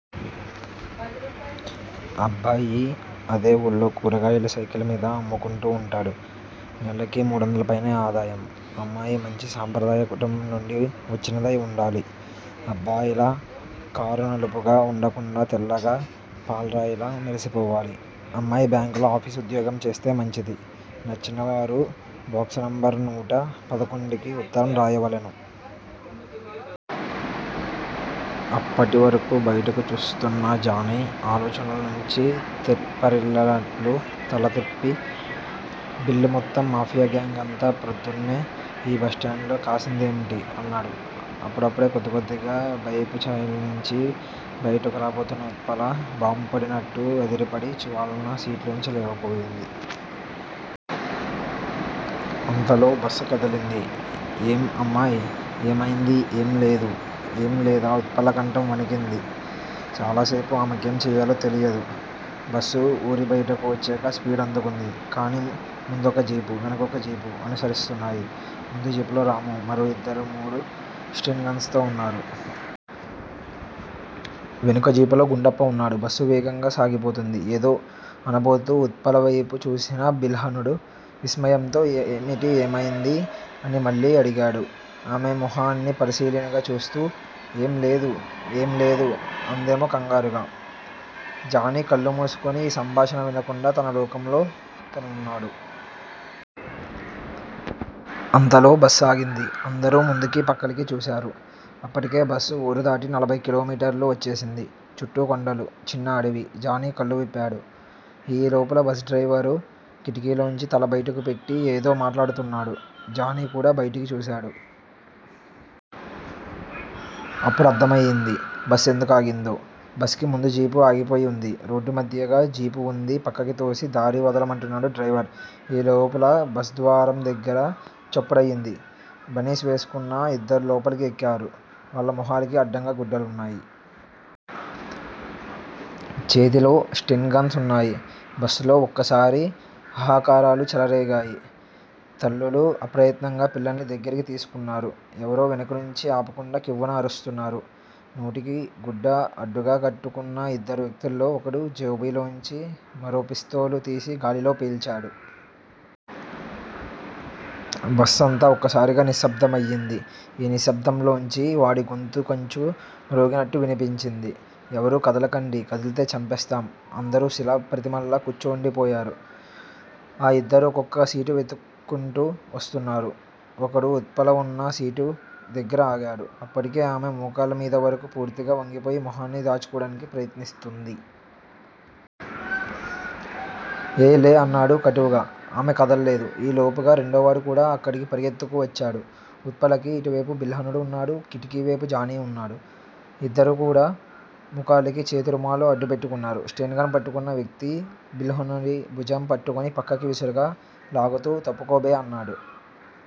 అబ్బాయి అదే ఊళ్లో కూరగాయలు సైకిల్ మీద అమ్ముకుంటూ ఉంటాడు. నెలకి మూడొందలు పైనే ఆదాయం. అమ్మాయి మంచి సాంప్రదాయకుటుంబం నుండి వచ్చినదై ఉండాలి. అబ్బాయిలా కారునలుపుగా ఉండకుండా తెల్లగా పాల్రాయిలా మెర్సిపోవాలి! అమ్మాయి బ్యాంకులో ఆఫీస్ ఉద్యోగం చేస్తే మంచిది. నచ్చినవారు బాక్సునెంబరు నూట పదకొండుకి ఉత్తరం రాయవలెను. అప్పటి వరకూ బయటకు చూస్తున్న జానీ, ఆలోచన్ల నుంచి తెప్పరిల్లినట్లు తలతిప్పి, బిల్లూ మొత్తం మాఫియా గాంగ్ అంతా ప్రొద్దున్నే ఈ బస్ స్టాండ్ లో కాసిందేమిటి? అన్నాడు. అప్పుడప్పుడే కొద్దికొద్దిగా భయపు ఛాయల్నుంచి, బయటకు రాబోతూన్న ఉత్పల, బాంబు పడినట్టు అదిరిపడి చివాలున సీట్లోంచి లేవబోయింది. అంతలో బస్సు కదిలింది. ఏం అమ్మాయ్? ఏమైంది ఏం లేదు ఏంలేదు ఆఉత్పల కంఠం వణికింది. చాలాసేపు ఆమెకేం చెయ్యాలో తెలియదు. బస్సు ఊరిబయటకు వచ్చాక స్పీడు అందుకుంది. దాని ముందొక జీపు, వెనుకొక జీపు అనుసరిస్తున్నాయి. ముందు జీపులో రాము, మరో ఇద్దరు మూడు స్టెన్ గన్స్ తో వున్నారు. వెనుక జీపులో గుండప్ప వున్నాడు. బస్సు వేగంగా సాగిపోతోంది. ఏదో అనబోతూ ఉత్పలవైపు చూసిన బిల్హణుడు విస్మయంతో ఏమిటి ఏమైంది అని మళ్ళీ అడిగాడు ఆమె మొహాన్ని పరిశీలనగా చూస్తూ. ఏం లేదు, ఏం లేదు అందామె కంగారుగా. జానీ కళ్ళు మూసుకుని ఈ సంభాషణ వినకుండా తన లోకంలో తనున్నాడు. అంతలో బస్ ఆగింది. అందరూ ముందుకీ పక్కలకీ చూశారు. అప్పటికే బస్సు వూరుదాటి నలభై కిలోమీటర్లు వచ్చేసింది. చుట్టూ కొండలు- చిన్న అడవి. జానీ కళ్ళు విప్పాడు. ఈ లోపులో బస్ డ్రైవరు కిటికీలోంచి తల బయటకు పెట్టి ఏదో మాట్లాడుతున్నాడు. జానీ కూడా బయటకు చూశాడు. అప్పుడర్ధమైంది. బస్ ఎందుకు ఆగిందో! బస్ కి ముందు జీపు ఆగిపోయి వుంది. రోడ్డు మధ్యగా జీపు వుంది పక్కకి తోసి దారి వదల' మంటున్నాడు డ్రైవర్. ఈ లోపుల బస్ ద్వారం దగ్గిర చప్పుడయింది. బనీస్ వేసుకున్న ఇద్దరు లోపలికి ఎక్కారు. వాళ్ళ మొహాలకి అడ్డంగా గుడ్డలున్నాయి. చేతిలో స్టెన్ గన్స్ వున్నాయి. బస్ లో ఒక్కసారి హాహాకారాలు చెలరేగాయి. తల్లులు అప్రయత్నంగా పిల్లల్ని దగ్గరికి తీసుకున్నారు. ఎవరో వెనుక నుంచి ఆపకుండా కెవ్వున అరుస్తున్నారు. నోటికి గుడ్డ అడ్డుగా కట్టుకున్న ఇద్దరు వ్యక్తుల్లో ఒకడు జేబీలోంచి మరో పిస్తోలు తీసి గాలిలో పేల్చాడు. బస్ అంతా ఒక్కసారిగా నిశ్శబ్దమయింది. ఈ నిశ్శబ్దంలోంచి వాడి గొంతు కంచు మ్రోగినట్టు వినిపించింది. ఎవరూ కదలకండి. కదిల్తే చంపేస్తాం. అందరూ శిలా ప్రతిమల్లా కూర్చుండిపోయారు. ఆ ఇద్దరూ ఒక్కొక్క సీటు వెతుక్కుంటూ వస్తున్నారు. ఒకడు ఉత్పల వున్న సీటు దగ్గిర ఆగాడు. అప్పటికే ఆమె మోకాళ్ళమీదవరకు పూర్తిగా వంగిపోయి మొహాన్ని దాచుకోవడానికి ప్రయత్నిస్తుంది. ఏయ్ లే అన్నాడు కటువుగా. ఆమె కదల్లేదు. ఈ లోపుగా రెండోవాడు కూడా అక్కడికి పరుగెత్తుకు వచ్చాడు. ఉత్పలకి ఇటువైపు బిల్హణుడు వున్నాడు. కిటికీ వైపు జానీ వున్నాడు. ఇద్దరూ కూడా ముఖాలకి చేతిరుమాలు అడ్డు పెట్టుకున్నారు. స్టెన్ గన్ పట్టుకున్న వ్యక్తి బిల్హణుడి భుజం పట్టుకుని పక్కకి విసురుగా లాగుతూ తప్పుకోబే అన్నాడు.